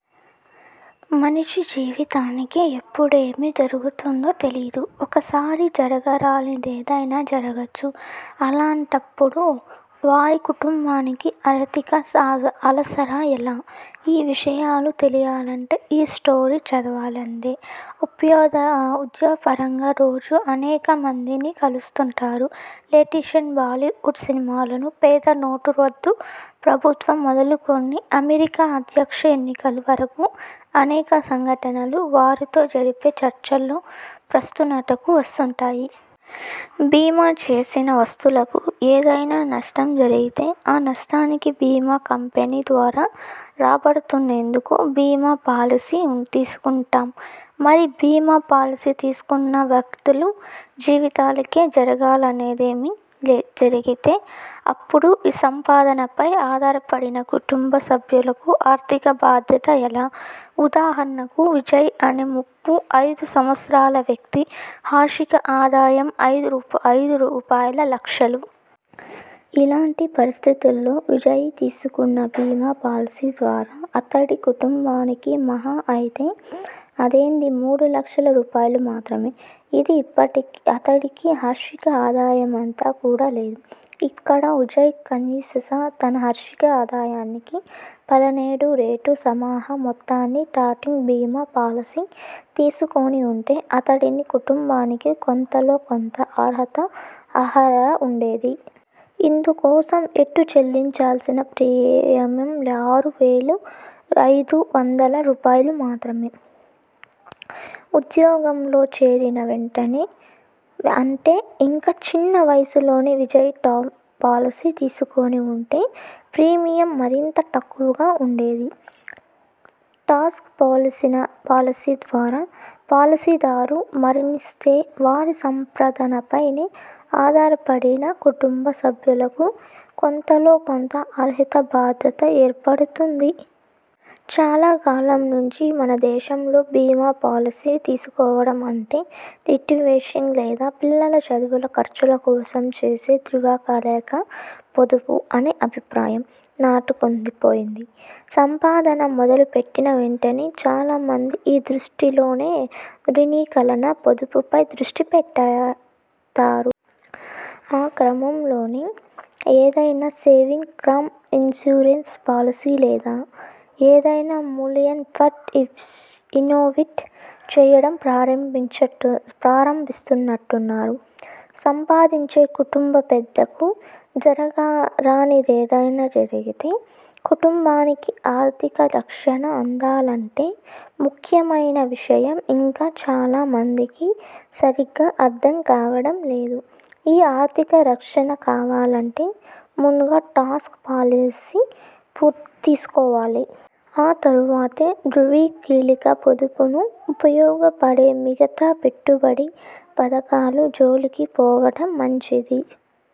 మనిషి జీవితానికి ఎప్పుడేమి జరుగుతుందో తెలియదు. ఒక్కోసారి జరగరానిదేదైనా జరగొచ్చు. అలాంటపుడు వారి కుటుంబానికి 'ఆర్థిక' ఆసరా ఎలా? ఈ విషయాలు తెలియాలంటే ఈ స్టోరీ చదవాల్సిందే. ఉద్యోగపరంగా రోజూ అనేక మందిని కలుస్తుంటాను. లేటెస్ట్ బాలీవుడ్ సినిమాలు, పెద్ద నోట్ల రద్దు ప్రభావం మొదలుకుని అమెరికా అధ్యక్ష ఎన్నికల వరకు అనేక సంఘటనలు వారితో జరిపే చర్చల్లో ప్రస్తావనకు వస్తుంటాయి. బీమా చేసిన వస్తువుకు ఏదైనా నష్టం జరిగితే ఆ నష్టాన్ని బీమా కంపెనీ ద్వారా రాబట్టుకునేందుకు బీమా పాలసీ తీసుకుంటాం. మరి బీమా పాలసీ తీసుకున్న వ్యక్తుల జీవితానికే జరగరానిదేమైనా జరిగితే? అతడు ె సంపాదనపై ఆధారపడిన కుటుంబ సభ్యులకు 'ఆర్థిక' భద్రత ఎలా?. ఉదాహరణకు విజయ్ అనే ముప్పై ఐదు సంవత్సరాల వ్యక్తి వార్షిక ఆదాయం ఐదు రూపాయలులక్షలు. ఇలాంటి పరిస్థితుల్లో విజయ్ తీసుకున్న బీమా పాలసీ ద్వారా అతడి కుటుంబానికి మహా అయితే అందేది మూడు లక్షల రూపాయలు మాత్రమే. ఇది అతడి వార్షిక ఆదాయమంత కూడా లేదు. ఇక్కడ విజయ్ కనీసం తన వార్షిక ఆదాయానికి పన్నెండు రెట్లు సమాన మొత్తానికి టర్మ్ బీమా పాలసీ తీసుకుని ఉంటే అతడి కుటుంబానికి కొంతలో కొంత ఆర్థిక ఆసరా ఉండేది. ఇందుకోసం ఏటా చెల్లించాల్సిన ప్రీమియం ఆరు వేల ఐదు వందల రూపాయలుమాత్రమే. ఉద్యోగంలో చేరిన వెంటనే అంటే ఇంకా చిన్న వయసులోనే విజయ్ టర్మ్ పాలసీ తీసుకుని ఉంటే ప్రీమియం మరింత తక్కువగా ఉండేది. టర్మ్ పాలసీల ద్వారా పాలసీదారు మరణిస్తే వారి సంపాదనపైనే ఆధారపడిన కుటుంబ సభ్యులకు కొంతలో కొంత ఆర్థిక భద్రత ఏర్పడుతుంది. చాలా కాలం నుంచి మన దేశంలో బీమా పాలసీ తీసుకోవడం అంటే రిటైర్మెంట్ లేదా పిల్లల చదువుల ఖర్చుల కోసం చేసే దీర్ఘకాలిక పొదుపు అనే అభిప్రాయం నాటుకుపోయింది. సంపాదన మొదలు పెట్టిన వెంటనే చాలా మంది ఈ దృష్టితోనే దీర్ఘకాలిక పొదుపుపై దృష్టి పెడతారు. ఆ క్రమంలోనే ఏదైనా సేవింగ్ కమ్ ఇన్సూరెన్స్ పాలసీ లేదా ఏదైనా యులి్పలో ఇన్వెస్ట్ చేయడం ప్రారంభిస్తుంటారు. సంపాదించే కుటుంబ పెద్దకు జరగరానిదేమైనా జరిగితే, కుటుంబానికి ఆర్థిక రక్షణ అంతకంటే ముఖ్యమనే విషయం ఇంకా చాలా మందికి సరిగా అర్థం కావడం లేదు. ఈ ఆర్థిక రక్షణ కావాలంటే ముందుగా టర్మ్ పాలసీ తీసుకోవాలి. ఆ తర్వాతే దీర్ఘకాలిక పొదుపుకు ఉపయోగపడే మిగతా పెట్టుబడి పథకాల జోలికి పోవడం మంచిది.